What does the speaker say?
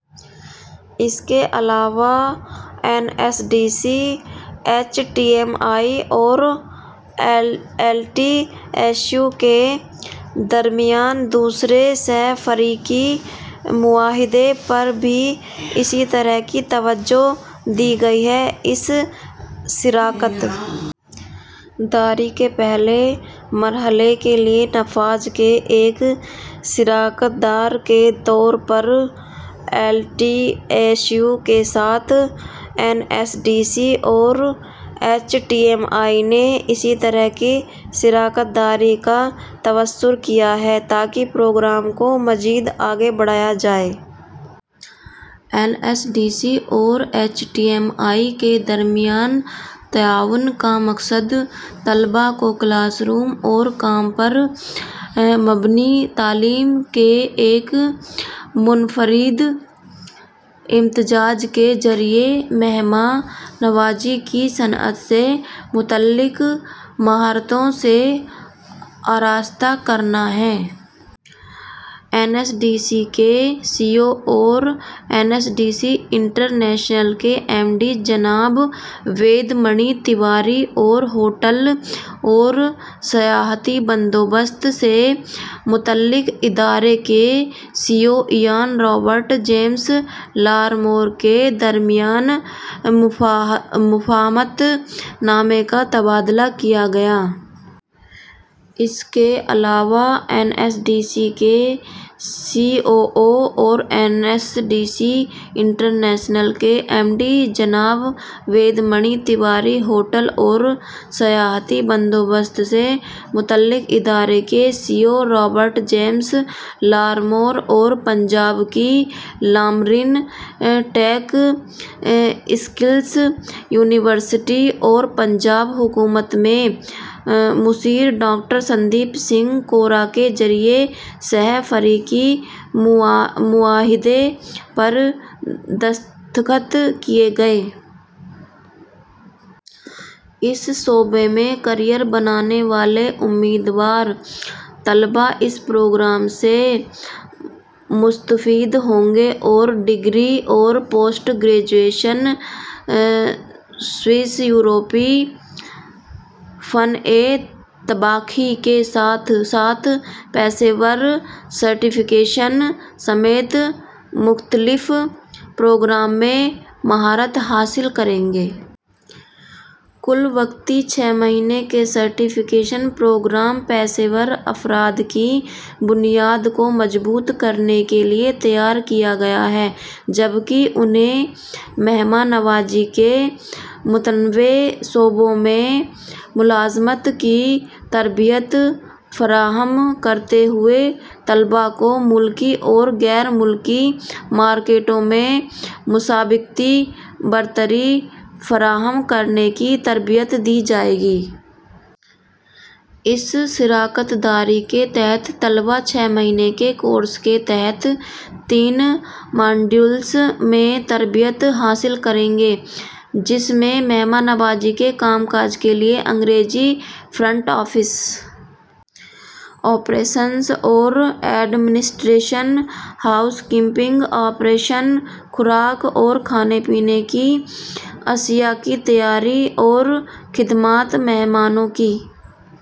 اس کے علاوہ N S D C ,H T M I اور ایل ٹی ایس یو کے درمیان دوسرے سہ فریقی معاہدے پر بھی اسی طرح کی توجہ دی گئی ہے۔ اس شراکت داری کے پہلے مرحلے کے لئے نفاذ کے ایک شراکت دار کے طور پر ایل ٹی ایس یو کے ساتھ این ایس ڈی سی اور ایچ ٹی ایم آئی نے اسی طرح کی شراکت داری کا تصور کیا ہے تاکہ پروگرام کو مزید آگے بڑھایا جائے۔ این ایس ڈی سی اور ایچ ٹی ایم آئی کے درمیان تعاون کا مقصد طلبا ء کو کلاس روم اور کام پر مبنی تعلیم کے ایک منفرد امتزاج کے ذریعہ مہماں نوازی کی صنعت سے متعلق مہارتو ں سے آراستہ کرنا ہے۔ این ایس ڈی سی کے سی ای او اور N S D C international کے ایم ڈی جناب وید منی تیواری اور ہوٹل اور سیاحتی بندوبست سے متعلق ادارے کے C E O Ian Robert James Larmour کے درمیان مفاہمت نامے کا تبادلہ کیا گیا۔ اس کے علاوہ این ایس ڈی سی کے سی او او اور N S D C international کے ایم ڈی جناب وید منی تیواری ، ہوٹل اور سیاحتی بندوبست سے متعلق ادارے کے C E O Robert James Larmour اور پنجاب کی لامرن ٹیک اسکلس یونیورسٹی اور پنجاب حکومت میں مشیر ڈاکٹر سندیپ سنگھ کورا کے ذریعہ سہ فریقی معاہدے پر دستخط کئے گئے۔ اس شعبے میں کیرئیر بنانے والے امیدوار طلباء اس پروگرام سے مستفید ہوں گے اور ڈگری اور پوسٹ گریجویشن ، سوئس یوروپی فن طباخی کے ساتھ ساتھ پیشہ ورانہ سرٹیفکیشن سمیت مختلف پروگراموں میں مہارت حاصل کریں گے۔ کل وقتی چھ مہینے کے سرٹیفکیشن پروگرام پیشہ ور افراد کی بنیاد کو مضبوط بنانے کے لئے تیار کیا گیا ہے جبکہ انہیں مہماں نوازی کے متنوع شعبوں میں ملازمت کی تربیت فراہم کرتے ہوئے طلبا کو ملکی اور غیر ملکی مارکیٹوں میں مسابقتی برتری فراہم کرنے تربیت دی جائے گی۔ اس شراکت داری کے تحت طلباء چھ مہینے کے کورس کے تحت تین موڈیولس میں تربیت حاصل کریں گے۔ جس میں مہماں نوازی کے کا م کاج کے لئے انگریزی ، فرنٹ آفس آپریشنز اور administration, housekeeping operation, خوراک اور کھانے پینے کی اشیا کی تیاری اور خدمات ، مہمانوں کی